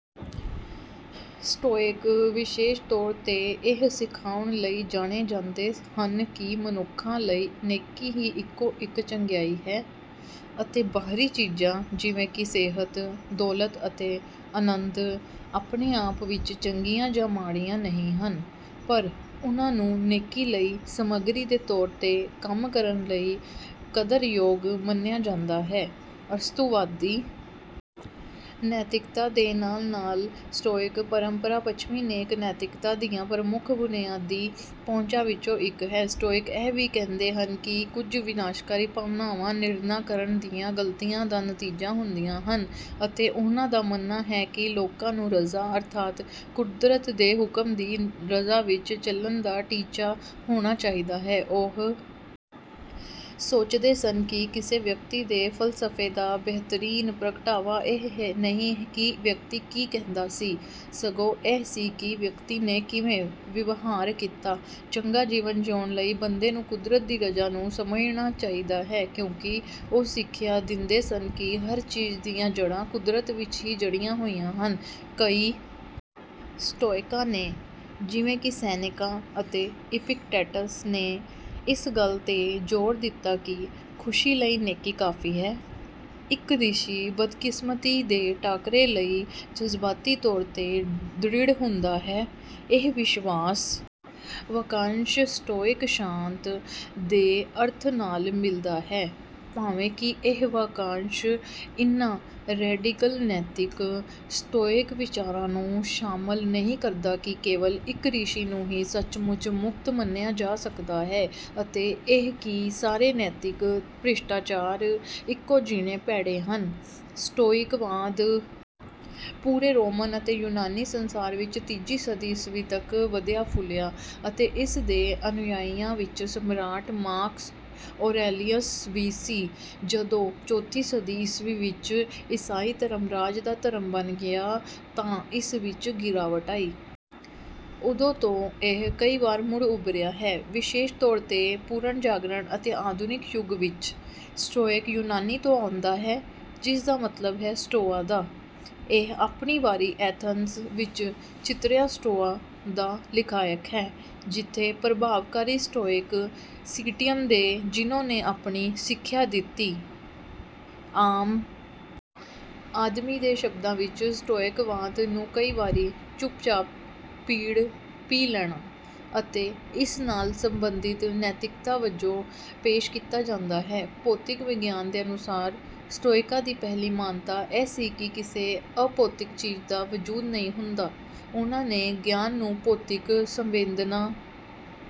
Stoic ਵਿਸ਼ੇਸ਼ ਤੌਰ ’ਤੇ ਇਹ ਸਿਖਾਉਣ ਲਈ ਜਾਣੇ ਜਾਂਦੇ ਹਨ ਕਿ ਮਨੁੱਖਾਂ ਲਈ “ਨੇਕੀ ਹੀ ਇਕੋ-ਇੱਕ ਚੰਗਿਆਈ ਹੈ” ਅਤੇ ਬਾਹਰੀ ਚੀਜ਼ਾਂ, ਜਿਵੇਂ ਕਿ ਸਿਹਤ, ਦੌਲਤ ਅਤੇ ਅਨੰਦ, ਆਪਣੇ ਆਪ ਵਿੱਚ ਚੰਗੀਆਂ ਜਾਂ ਮਾੜੀਆਂ ਨਹੀਂ ਹਨ, ਪਰ ਉਨ੍ਹਾਂ ਨੂੰ “ਨੇਕੀ ਲਈ ਸਮੱਗਰੀ ਦੇ ਤੌਰ ’ਤੇ ਕੰਮ ਕਰਨ” ਲਈ ਕਦਰਯੋਗ ਮੰਨਿਆ ਜਾਂਦਾ ਹੈ। ਅਰਸਤੂਵਾਦੀ ਨੈਤਿਕਤਾ ਦੇ ਨਾਲ-ਨਾਲ, ਸਟੋਇਕ ਪਰੰਪਰਾ ਪੱਛਮੀ ਨੇਕ ਨੈਤਿਕਤਾ ਦੀਆਂ ਪ੍ਰਮੁੱਖ ਬੁਨਿਆਦੀ ਪਹੁੰਚਾਂ ਵਿੱਚੋਂ ਇੱਕ ਹੈ। ਸਟੋਇਕ ਇਹ ਵੀ ਕਹਿੰਦੇ ਹਨ ਕਿ ਕੁਝ ਵਿਨਾਸ਼ਕਾਰੀ ਭਾਵਨਾਵਾਂ ਨਿਰਣਾ ਕਰਨ ਦੀਆਂ ਗਲਤੀਆਂ ਦਾ ਨਤੀਜਾ ਹੁੰਦੀਆਂ ਹਨ ਅਤੇ ਉਹਨਾਂ ਦਾ ਮੰਨਣਾ ਹੈ ਕਿ ਲੋਕਾਂ ਨੂੰ ਰਜ਼ਾ, ਅਰਥਾਤ “ਕੁਦਰਤ ਦੇ ਹੁਕਮ ਦੀ ਰਜ਼ਾ ਵਿੱਚ” ਚੱਲਣ ਦਾ ਟੀਚਾ ਹੋਣਾ ਚਾਹੀਦਾ ਹੈ। ਉਹ ਸੋਚਦੇ ਸਨ ਕਿ ਕਿਸੇ ਵਿਅਕਤੀ ਦੇ ਫ਼ਲਸਫ਼ੇ ਦਾ ਬਿਹਤਰੀਨ ਪ੍ਰਗਟਾਵਾ ਇਹ ਨਹੀਂ ਕਿ ਵਿਅਕਤੀ ਕੀ ਕਹਿੰਦਾ ਸੀ, ਸਗੋਂ ਇਹ ਸੀ ਕਿ ਵਿਅਕਤੀ ਨੇ ਕਿਵੇਂ ਵਿਵਹਾਰ ਕੀਤਾ। ਚੰਗਾ ਜੀਵਨ ਜੀਉਣ ਲਈ ਬੰਦੇ ਨੂੰ ਕੁਦਰਤ ਦੀ ਰਜ਼ਾ ਨੂੰ ਸਮਝਣਾ ਚਾਹੀਦਾ ਹੈ, ਕਿਉਂਕਿ ਉਹ ਸਿੱਖਿਆ ਦਿੰਦੇ ਸਨ ਕਿ ਹਰ ਚੀਜ਼ ਦੀਆਂ ਜੜ੍ਹਾਂ ਕੁਦਰਤ ਵਿੱਚ ਹੀ ਜੜ੍ਹੀਆਂ ਹੋਈਆਂ ਹਨ। ਕਈ ਸਟੋਇਕਾਂ ਨੇ, ਜਿਵੇਂ ਕਿ ਸੇਨੇਕਾ ਅਤੇ ਇਪਿਕਟੇਟਸ ਨੇ, ਇਸ ਗੱਲ ’ਤੇ ਜ਼ੋਰ ਦਿੱਤਾ ਕਿ “ਖੁਸ਼ੀ ਲਈ ਨੇਕੀ ਕਾਫ਼ੀ ਹੈ।” ਇੱਕ ਰਿਸ਼ੀ ਬਦਕਿਸਮਤੀ ਦੇ ਟਾਕਰੇ ਲਈ ਜਜ਼ਬਾਤੀ ਤੌਰ ’ਤੇ ਦ੍ਰਿੜ੍ਹ ਹੁੰਦਾ ਹੈ। ਇਹ ਵਿਸ਼ਵਾਸ ਵਾਕੰਸ਼ “ਸਟੋਇਕ ਸ਼ਾਂਤ” ਦੇ ਅਰਥ ਨਾਲ ਮਿਲਦਾ ਹੈ, ਭਾਵੇਂ ਕਿ ਇਹ ਵਾਕੰਸ਼ ਇਨ੍ਹਾਂ “ਰੈਡੀਕਲ ਨੈਤਿਕ” ਸਟੋਇਕ ਵਿਚਾਰਾਂ ਨੂੰ ਸ਼ਾਮਲ ਨਹੀਂ ਕਰਦਾ ਕਿ ਕੇਵਲ ਇੱਕ ਰਿਸ਼ੀ ਨੂੰ ਹੀ ਸੱਚਮੁੱਚ ਮੁਕਤ ਮੰਨਿਆ ਜਾ ਸਕਦਾ ਹੈ ਅਤੇ ਇਹ ਕਿ ਸਾਰੇ ਨੈਤਿਕ ਭ੍ਰਿਸ਼ਟਾਚਾਰ ਇੱਕੋ ਜਿੰਨੇ ਭੈੜੇ ਹਨ। ਸਟੋਇਕਵਾਦ ਪੂਰੇ ਰੋਮਨ ਅਤੇ ਯੂਨਾਨੀ ਸੰਸਾਰ ਵਿੱਚ ਤੀਜੀ ਸਦੀ ਈਸਵੀ ਤੱਕ ਵਧਿਆ-ਫੁੱਲਿਆ ਅਤੇ ਇਸ ਦੇ ਅਨੁਯਾਈਆਂ ਵਿੱਚ ਸਮਰਾਟ ਮਾਰਕਸ ਔਰੇਲੀਅਸ ਵੀ ਸੀ। ਜਦੋਂ ਚੌਥੀ ਸਦੀ ਈਸਵੀ ਵਿੱਚ ਈਸਾਈ ਧਰਮ ਰਾਜ ਦਾ ਧਰਮ ਬਣ ਗਿਆ, ਤਾਂ ਇਸ ਵਿੱਚ ਗਿਰਾਵਟ ਆਈ। ਉਦੋਂ ਤੋਂ ਇਹ ਕਈ ਵਾਰ ਮੁੜ ਉਭਰਿਆ ਹੈ, ਵਿਸ਼ੇਸ਼ ਤੌਰ ’ਤੇ ਪੁਨਰਜਾਗਰਣ ਅਤੇ ਆਧੁਨਿਕ ਯੁੱਗ ਵਿੱਚ। ਸਟੋਇਕ ਯੂਨਾਨੀ ਤੋਂ ਆਉਂਦਾ ਹੈ, ਜਿਸ ਦਾ ਮਤਲਬ ਹੈ “ਸਟੋਆ ਦਾ”। ਇਹ ਆਪਣੀ ਵਾਰੀ ਐਥਨਜ਼ ਵਿੱਚ “ਚਿਤਰਿਆ ਸਟੋਆ” ਦਾ ਲਖਾਇਕ ਹੈ, ਜਿੱਥੇ ਪ੍ਰਭਾਵਕਾਰੀ ਸਟੋਇਕ ਸਿਟੀਅਮ ਦੇ ਜ਼ੀਨੋ ਨੇ ਆਪਣੀ ਸਿੱਖਿਆ ਦਿੱਤੀ। ਆਮ ਆਦਮੀ ਦੇ ਸ਼ਬਦਾਂ ਵਿੱਚ ਸਟੋਇਕਵਾਦ ਨੂੰ ਕਈ ਵਾਰੀ “ਚੁੱਪਚਾਪ ਪੀੜ ਪੀ ਲੈਣਾ” ਅਤੇ ਇਸ ਨਾਲ ਸੰਬੰਧਿਤ ਨੈਤਿਕਤਾ ਵਜੋਂ ਪੇਸ਼ ਕੀਤਾ ਜਾਂਦਾ ਹੈ। ਭੌਤਿਕ ਵਿਗਿਆਨ ਦੇ ਅਨੁਸਾਰ, ਸਟੋਇਕਾਂ ਦੀ ਪਹਿਲੀ ਮਾਨਤਾ ਇਹ ਸੀ ਕਿ ਕਿਸੇ ਅਭੌਤਿਕ ਚੀਜ਼ ਦਾ ਵਜੂਦ ਨਹੀਂ ਹੁੰਦਾ। ਉਨ੍ਹਾਂ ਨੇ ਗਿਆਨ ਨੂੰ ਭੌਤਿਕ ਸੰਵੇਦਨਾ…